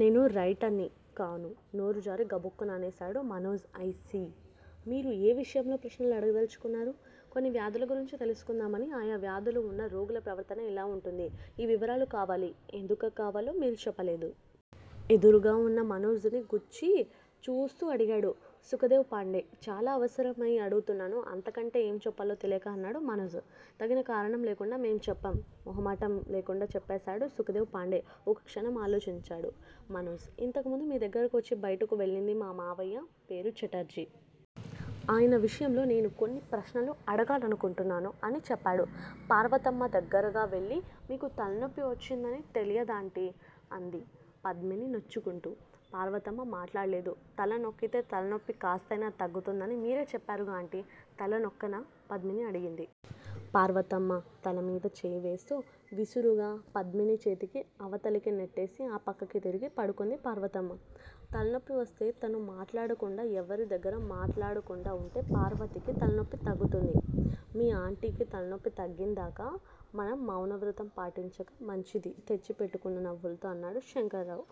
నేను రైటర్ ని కాను నోరు జారి గబుక్కున అనేశాడు మనోజ్. ఐ. సీ! మీరు ఏ విషయంలో ప్రశ్నలు అడగదలచుకున్నారు? కొన్ని వ్యాధుల గురించి తెలుసుకుందామని ఆయా వ్యాధులు వున్న రోగుల ప్రవర్తన ఎలా వుంటుంది? ఈ వివరాలు కావాలి! ఎందుకు కావాలో మీరు చెప్పలేదు? ఎదురుగా వున్న మనోజుని గుచ్చి చూస్తూ అడిగాడు సుఖదేవ్ పాండే. చాలా అవసరమై అడుగుతున్నాను అంతకంటే ఏమి చెప్పాలో తెలియక అన్నాడు మనోజు. తగిన కారణం లేకుండా మేం చెప్పం. మొహమాటం లేకుండా చెప్పేశాడు సుఖదేవ్ పాండే. ఒక్కక్షణం ఆలోచించాడు మనోజు. ఇంతకుముందు మీ దగ్గరికి వచ్చి బయటకు వెళ్ళింది మా మావయ్య పేరు ఛటర్జీ. ఆయన విషయంలో నేను కొన్ని ప్రశ్నలు అడగాలనుకుంటున్నాను అని చెప్పాడు. పార్వతమ్మ దగ్గరగా వెళ్ళి మీకు తలనొప్పి వచ్చిందని తెలియదు ఆంటీ! అంది పద్మిని నొచ్చుకుంటూ. పార్వతమ్మ మాట్లాడలేదు. తల నొక్కితే తలనొప్పి కాస్తయినా తగ్గుతుందని మీరే చెప్పారుగా ఆంటీ! తల నొక్కనా! పద్మిని అడిగింది. పార్వతమ్మ తలమీద చేయివేస్తూ. విసురుగా పద్మిని చేతికి అవతలకి నెట్టేసి ఆ పక్కకి తిరిగి పడుకుంది పార్వతమ్మ. తల నొప్పివస్తే తను మాట్లాడకుండా యెవరూ దగ్గర మాట్లాడకుండా వుంటే పార్వతికి తలనొప్పి తగ్గుతుంది. మీ ఆంటీకి తలనొప్పి తగ్గిందాకా మనం మౌనవ్రతం పాటించటం మంచిది తెచ్చి పెట్టుకున్న నవ్వుతో అన్నాడు శంకర్రావు.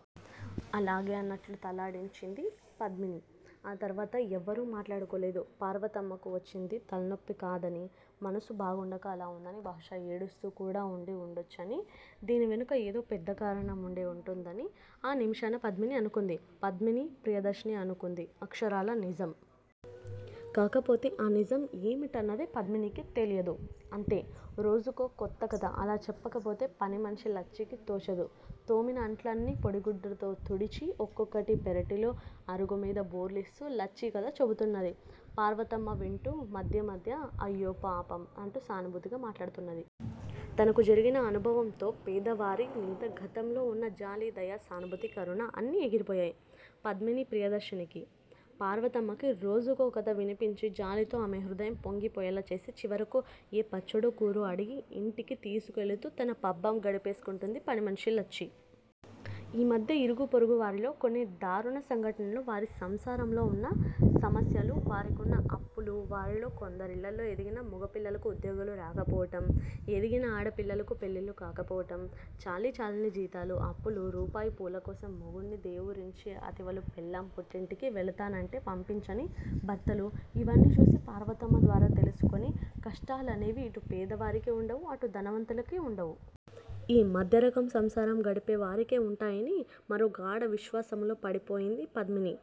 అలాగే అన్నట్లు తలాడించింది పద్మిని. ఆ తర్వాత ఎవరూ మాట్లాడుకోలేదు. పార్వతమ్మకి వచ్చింది తలనొప్పి కాదని మనసు బాగుండక అలా ఉందని బహుశా ఏడుస్తూ కూడా ఉండి ఉండొచ్చుననీ దీని వెనుక యేదో పెద్ద కారణం ఉండే ఉంటుందనీను ఆ నిమిషాన పద్మిని అనుకుంది. పద్మిని ప్రియదర్శిని అనుకుంది అక్షరాల నిజం. కాకపోతే ఆ నిజం యేమిటన్నదే పద్మినికి తెలియదు. అంతే! రోజుకో కొత్త కథ. అలా చెప్పకపోతే పనిమనిషి లచ్చికి తోచదు. తోమిన అంట్లని పొడిగుడ్డతో తుడిచి ఒక్కొక్కటి పెరటిలో అరుగుమీద బోర్లిస్తూ లచ్చి కథ చెబుతున్నది. పార్వతమ్మ వింటూ మధ్య మధ్య అయ్యో పాపం! అంటూ సానుభూతిగా మాటాడుతున్నది. తనకు జరిగిన అనుభవంతో పేదవారిమీద గతంలో ఉన్న జాలి, దయ, సానుభూతి, కరుణ అన్నీ ఎగిరిపోయాయ్ పద్మిని ప్రియదర్శినికి. పార్వతమ్మకి రోజుకో కథ వినిపించి జాలితో ఆమె హృదయం పొంగిపోయేలా చేసి చివరికి యే పచ్చడో, కూరో అడిగి ఇంటికి తీసుకెళుతూ తన పబ్బం గడిపేసుకుంటుంది పనిమనిషి లచ్చి. ఈ మధ్య ఇరుగు పొరుగు వారిలో కొన్ని దారుణ సంఘటనలు, వారి సంసారంలో వున్న సమస్యలు, వారికున్న అప్పులు, వారిలో కొందరిళ్ళలో ఎదిగిన మొగపిల్లలకి ఉద్యోగాలు రాకపోవటం. ఎదిగిన ఆడపిల్లలకి పెళ్ళిళ్ళు కాకపోవటం, చాలీచాలని జీతాలు అప్పులు రూపాయి పూలకోసం మొగుడ్ని దేవురించే అతివలు పెళ్ళాం పుట్టింటికి వెళతానంటే పంపించని భర్తలు ఇవన్నీ చూసి పార్వతమ్మ ద్వారా తెలుసుకొని కష్టాలనేవి ఇటు పేదవారికి ఉండవు అటు ధనవంతులకీ ఉండవు. ఈ మధ్యరకం సంసారం గడిపేవారికే ఉంటాయని మరో గాఢ విశ్వాసములో పడిపోయింది పద్మిని.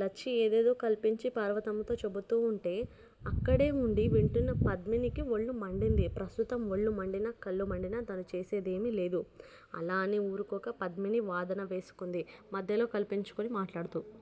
లచ్చి యేదేదో కల్పించి పార్వతమ్మతో చెబుతూంటే అక్కడే ఉండి వింటున్న పద్మినికి ఒళ్ళు మండింది. ప్రస్తుతం ఒళ్ళు మండినా, కళ్ళు మండినా తను చేసేదేమీలేదు. అలా అని ఊరుకోక పద్మిని వాదన వేసుకుంది మధ్యలో కల్పించుకొని మాట్లాడుతూ.